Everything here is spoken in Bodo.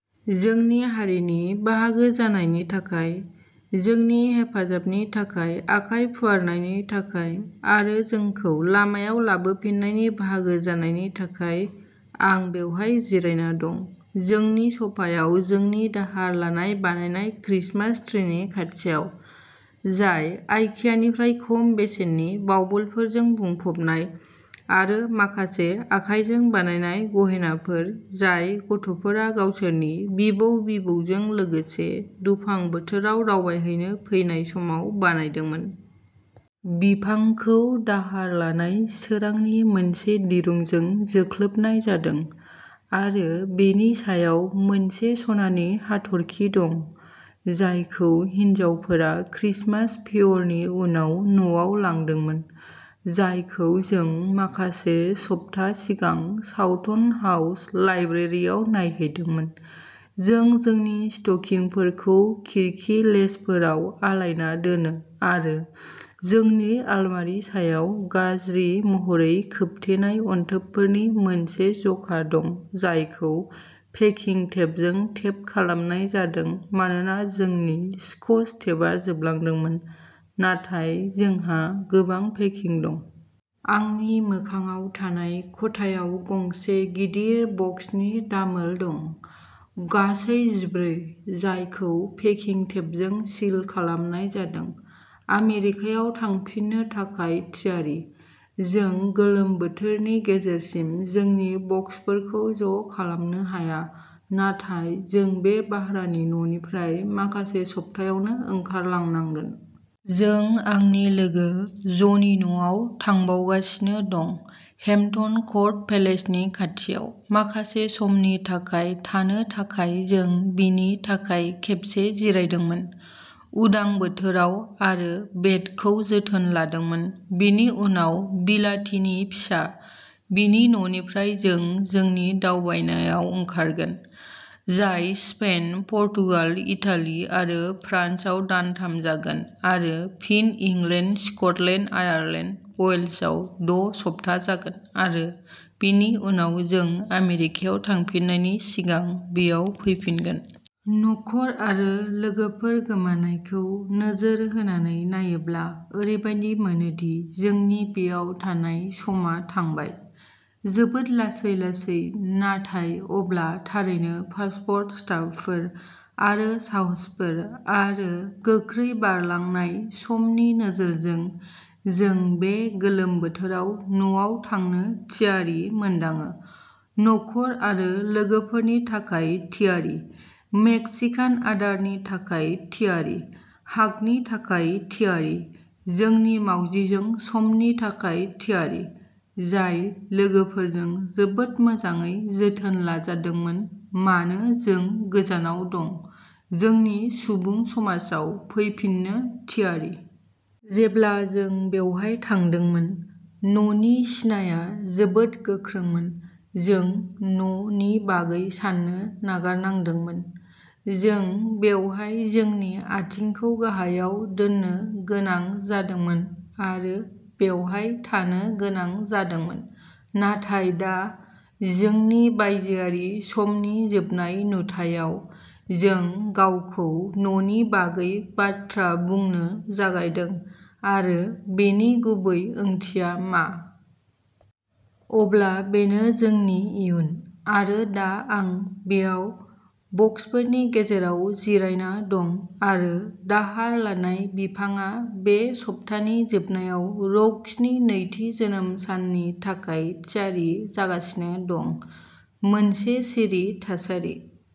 जोंनि हारिनि बाहागो जानायनि थाखाय, जोंनि हेफाजाबनि थाखाय आखाइ फुवारनायनि थाखाय, आरो जोंखौ लामायाव लाबोफिन्नायनि बाहागो जानायनि थाखाय। आं बेवहाय जिरायना दं, जोंनि सफायाव जोंनि दाहार लानाय बानायनाय क्रिसमास ट्रीनि खाथियाव, जाय आइकियानिफ्राय खम बेसेननि बाउबलफोरजों बुंफबनाय, आरो माखासे आखाइजों बानायनाय गहेनाफोर जाय गथ'फोरा गावसोरनि बिबौ बिबौजों लोगोसे दुफां बोथोराव दावबायहैनो फैनाय समाव बानायदोंमोन। बिफांखौ दाहार लानाय सोरांनि मोनसे दिरुंजों जोख्लोबनाय जादों, आरो बेनि सायाव मोनसे सनानि हाथरखि दं, जायखौ हिनजावफोरा क्रिसमास फेयरनि उनाव न'आव लांदोंमोन, जायखौ जों माखासे सप्ता सिगां चावटन हाउस लाइब्रेरियाव नायहैदोंमोन। जों जोंनि स्टकिंफोरखौ खिरखि लेचफोराव आलायना दोनो, आरो जोंनि आलमारि सायाव गाज्रि महरै खोबथेनाय अनथोबफोरनि मोनसे जखा दं जायखौ पेकिं टेपजों टेप खालामनाय जादों मानोना जोंनि स्कच टेपआ जोबलांदोंमोन, नाथाय जोंहा गोबां पेकिं दं। आंनि मोखाङाव थानाय खथायाव गंसे गिदिर बक्सनि दामोल दं, गासै जिब्रै, जायखौ पेकिं टेपजों सिल खालामनाय जादों, आमेरिकायाव थांफिननो थाखाय थियारि। जों गोलोम बोथोरनि गेजेरसिम जोंनि बक्सफोरखौ ज' खालामनो हाया, नाथाय जों बे भारानि न'निफ्राय माखासे सप्तायावनो ओंखारलांनांगोन। जों आंनि लोगो ज'नि न'आव थांबावगासिनो दं, हेम्पटन कर्ट पेलेसनि खाथियाव, माखासे समनि थाखाय थानो थाखाय जों बिनि थाखाय खेबसे जिरायदोंमोन, उदां बोथोराव, आरो बेटखौ जोथोन लादोंमोन, बिनि उनाव बिलाथिनि फिसा। बिनि न'निफ्राय जों जोंनि दावबायनायाव ओंखारगोन, जाय स्पेन, पर्तुगाल, इटालि आरो फ्रान्सआव दानथाम जागोन, आरो फिन इंलेन्ड, स्कटलेन्ड, आयारलेन्ड, वेल्सआव द' सप्ता जागोन, आरो बेनि उनाव जों आमेरिकायाव थांफिननायनि सिगां बेयाव फैफिनगोन। नखर आरो लोगोफोर गोमानायखौ नोजोर होनानै नायोब्ला ओरैबादि मोनो दि जोंनि बेयाव थानाय समा थांबाय। जोबोद लासै लासै, नाथाय अब्ला थारैनो पासपर्ट स्टापफोर आरो साहसफोर आरो गोख्रै बारलांनाय समनि नोजोरजों जों बे गोलोम बोथोराव न'आव थांनो थियारि मोनदाङो, नखर आरो लोगोफोरनि थाखाय थियारि, मेक्सिकान आदारनि थाखाय थियारि, हागनि थाखाय थियारि, जोंनि मावजिजों समनि थाखाय थियारि जाय लोगोफोरजों जोबोद मोजाङै जोथोन लाजादोंमोन मानो जों गोजानाव दं, जोंनि सुबुं समाजाव फैफिननो थियारि। जेब्ला जों बेवहाय थांदोंमोन, न'नि सिनाया जोबोद गोख्रोंमोन, जों "न'' नि बागै साननो नागारनांदोंमोन। जों बेवहाय जोंनि आथिंखौ गाहायाव दोन्नो गोनां जादोंमोन आरो बेवहाय थानो गोनां जादोंमोन। नाथाय दा, जोंनि बायजोआरि समनि जोबनाय नुथायाव, जों गावखौ न'नि बागै बाथ्रा बुंनो जागायदों, आरो बेनि गुबै ओंथिया मा। अब्ला बेनो जोंनि इयुन, आरो दा आं बेयाव बक्सफोरनि गेजेराव जिरायना दं आरो दाहार लानाय बिफांआ बे सप्तानि जोबनायाव रौक्सनि नैथि जोनोम साननि थाखाय थियारि जागासिनो दं, मोनसे सिरि थासारि।